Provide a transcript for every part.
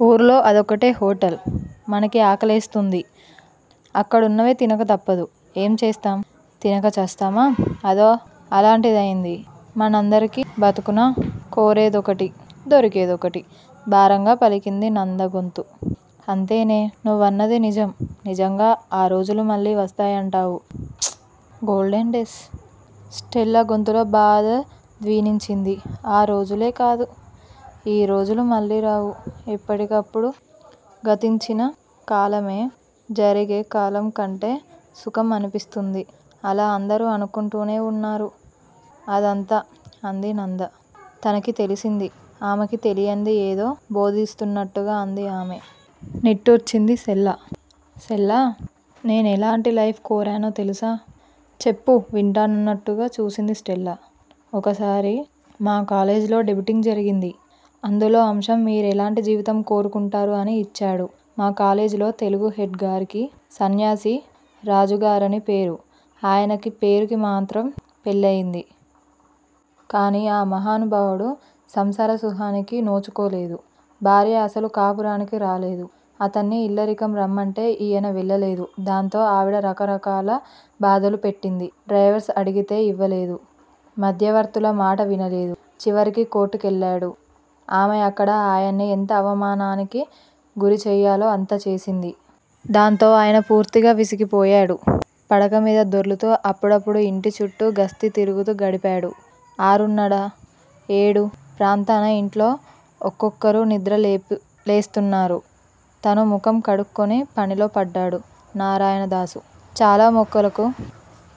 వూర్లో అదొక్కటే హోటల్! మనకి ఆకలేస్తుంది. అక్కడున్నవే తినక తప్పదు. ఏం చేస్తాం? తినక చస్తామా? అదో అలాటిదయింది మనందరి బ్రతుకూను! కోరేదొకటి! దొరికేదొకటి! భారంగా పలికింది నంద గొంతు. అంతేనే! నువ్వన్నది నిజం! నిజంగా ఆ రోజులు మళ్ళీ వస్తాయంటావు? ప్చ్! Golden days! స్టెల్లా గొంతులో బాధ ధ్వినించింది. ఆ రోజులే కాదు! ఈ రోజులూ మళ్ళీ రావు- ఎప్పటికప్పుడు గతించిన కాలమే జరిగే కాలం కంటే సుఖం అనిపిస్తుంది. అలా అందరూ అనుకుంటూనే వున్నారు అదంతే అంది నంద. తనకి తెలిసింది, ఆమెకి తెలియందీ ఏదో బోధిస్తున్నట్టుగా అంది ఆమె. నిట్టూర్చింది స్టెల్లా. స్టెల్లా! నేనెలాంటి లైఫ్ కోరానో తెలుసా? చెప్పు వింటానన్నట్టుగా చూసింది స్టెల్లా. ఒకసారి మాకాలేజీలో డిబేటింగ్ జరిగింది. అందులో అంశం మీరెలాంటి జీవితం కోరుకుంటారు అని యిచ్చాడు మా కాలేజీలో తెలుగు హెడ్ గారికి సన్యాసి రాజుగారని పేరు ఆయనకీ పేరుకి మాత్రం పెళ్ళయింది. కానీ ఆ మహానుభావుడు సంసార సుఖానికి నోచుకోలేదు. భార్య అసలు కాపురానికి రాలేదు. అతన్ని ఇల్లరికం రమ్మంటే ఈయన వెళ్ళలేదు దాంతో ఆవిడ రకరకాల బాధలు పెట్టింది. డైవర్స్ అడిగితే ఇవ్వలేదు. మధ్యవర్తుల మాట వినలేదు. చివరికి కోర్టు కెళ్ళాడు. ఆమె అక్కడ ఆయన్ని ఎంత అవమానానికి గురిచెయ్యాలో అంతా చేసింది. దాంతో ఆయన పూర్తిగా విసిగిపోయాడు. పడకమీద దొర్లుతూ, అప్పుడప్పుడూ ఇంటిచుట్టూ గస్తీ తిరుగుతూ గడిపాడు. ఆరున్నర, ఏడు ప్రాంతాన ఇంట్లో ఒక్కొక్కరు నిద్ర లేస్తున్నారు. తనూ ముఖం కడుక్కుని పనిలో పడ్డాడు నారాయణదాసు. చాలా మొక్కలకు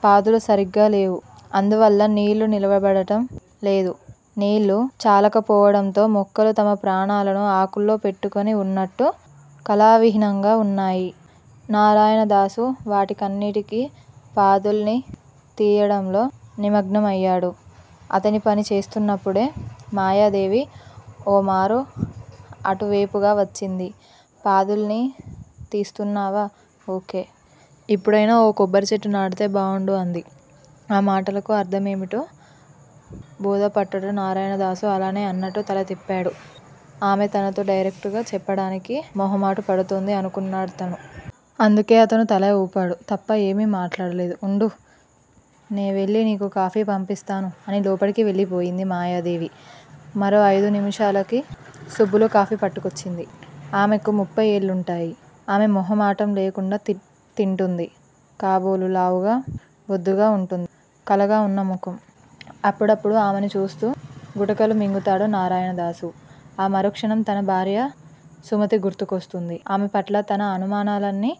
పాదులు సరిగ్గాలేవు. అందువల్ల నీళ్ళు నిలబడటం లేదు. నీళ్ళు చాలకపోవడంతో మొక్కలు తమ ప్రాణాలను ఆకుల్లో పెట్టుకొని వున్నట్లు కళావిహీనంగా వున్నాయి. నారాయణదాసు వాటికన్నిటికీ పాదుల్ని తీయడంలో నిమగ్నమయ్యాడు. అతనీ పని చేస్తున్నప్పుడే మాయాదేవి ఓ మారు అటువేపుగా వచ్చింది. పాదుల్ని తీస్తున్నావా? ఓ. కే. ఇప్పుడైనా ఓ కొబ్బరిచెట్టు నాటితే బావుండు అంది. ఆ మాటలకి అర్థమేమిటో బోధపడ్డట్టు నారాయణదాసు అలానే అన్నట్టు తల తిప్పాడు. ఆమె తనతో డైరెక్టుగా చెప్పడానికి మొహమాట పడుతోంది అనుకున్నాడతను. అందుకే అతను తల ఊపాడు తప్ప ఏమీ మాట్లాడలేదు. ఉండు! నేవెళ్ళి నీకు కాఫీ పంపిస్తాను అని లోపలికి వెళ్ళిపోయింది మాయాదేవి. మరో అయిదునిముషాలకి సుబ్బులు కాఫీ పట్టుకొచ్చింది. ఆమెకు ముప్పై ఏళ్ళుంటాయి. ఆమె మొహమాటం లేకుండా తింటుంది కాబోలు లావుగా, బొద్దుగా వుంటుంది. కళగా వున్న ముఖం. అప్పుడప్పుడూ ఆమెను చూస్తూ గుటకలు మింగుతాడు నారాయణదాసు. ఆ మరుక్షణం తన భార్య సుమతి గుర్తుకొస్తుంది. ఆమెపట్ల తన అనుమానాలన్నీ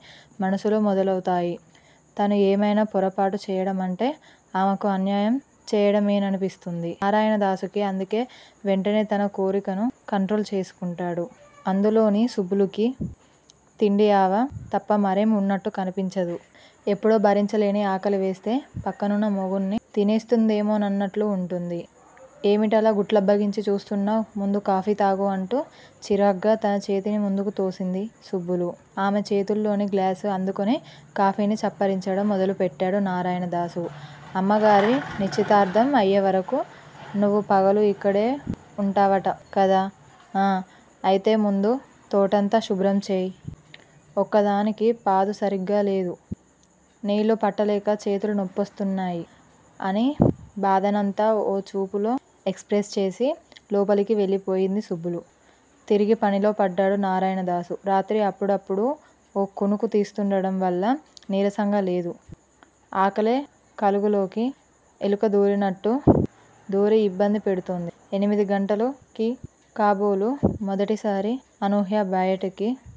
మనసులో మెదులుతాయి. తను ఏమైనా పొరబాటు చేయడమంటే ఆమెకి అన్యాయం చేయడమేననిపిస్తుంది నారాయణదాసుకి. అందుకే వెంటనే తన కోరికను కంట్రోలు చేసుకుంటాడు. అందులోనూ సుబ్బులికి తిండియావ తప్ప మరేం వున్నట్టు కనిపించదు. ఎప్పుడో భరించలేని ఆకలివేస్తే పక్కనున్న మొగుడ్ని తినేస్తుందేమోనన్నట్లు వుంటుంది. ఏమిటలా గుడ్లప్పగించి చూస్తున్నావ్ ముందు కాఫీతాగు అంటూ చిరాగ్గా తన చేతిని ముందుకు తోసింది సుబ్బులు. ఆమె చేతిలోని గ్లాసు అందుకొని కాఫీని చప్పరించడం మొదలుపెట్టాడు నారాయణదాసు. అమ్మాయిగారి నిశ్చితార్థం అయ్యేవరకు నువ్వూ పగలు ఇక్కడే వుంటావట కదా ఆఁ అయితే ముందు తోటంతా శుభ్రంచెయ్. ఒక్కదానికీ పాదు సరిగ్గా లేదు. నీళ్ళు పట్టలేక చేతులు నొప్పస్తున్నాయి అని బాధనంతా ఓ చూపులో ఎక్స్ ప్రెస్ చేసి లోపలికి వెళ్ళిపోయింది సుబ్బులు. తిరిగి పనిలో పడ్డాడు నారాయణదాసు. రాత్రి అప్పుడప్పుడూ ఓ కునుకు తీస్తుండడం వల్ల నీరసంగా లేదు. ఆకలే కలుగులోకి ఎలుక దూరినట్టు దూరి ఇబ్బంది పెడుతోంది. ఎనమిది గంటలకి కాబోలు మొదటిసారి అనూహ్య బయటికి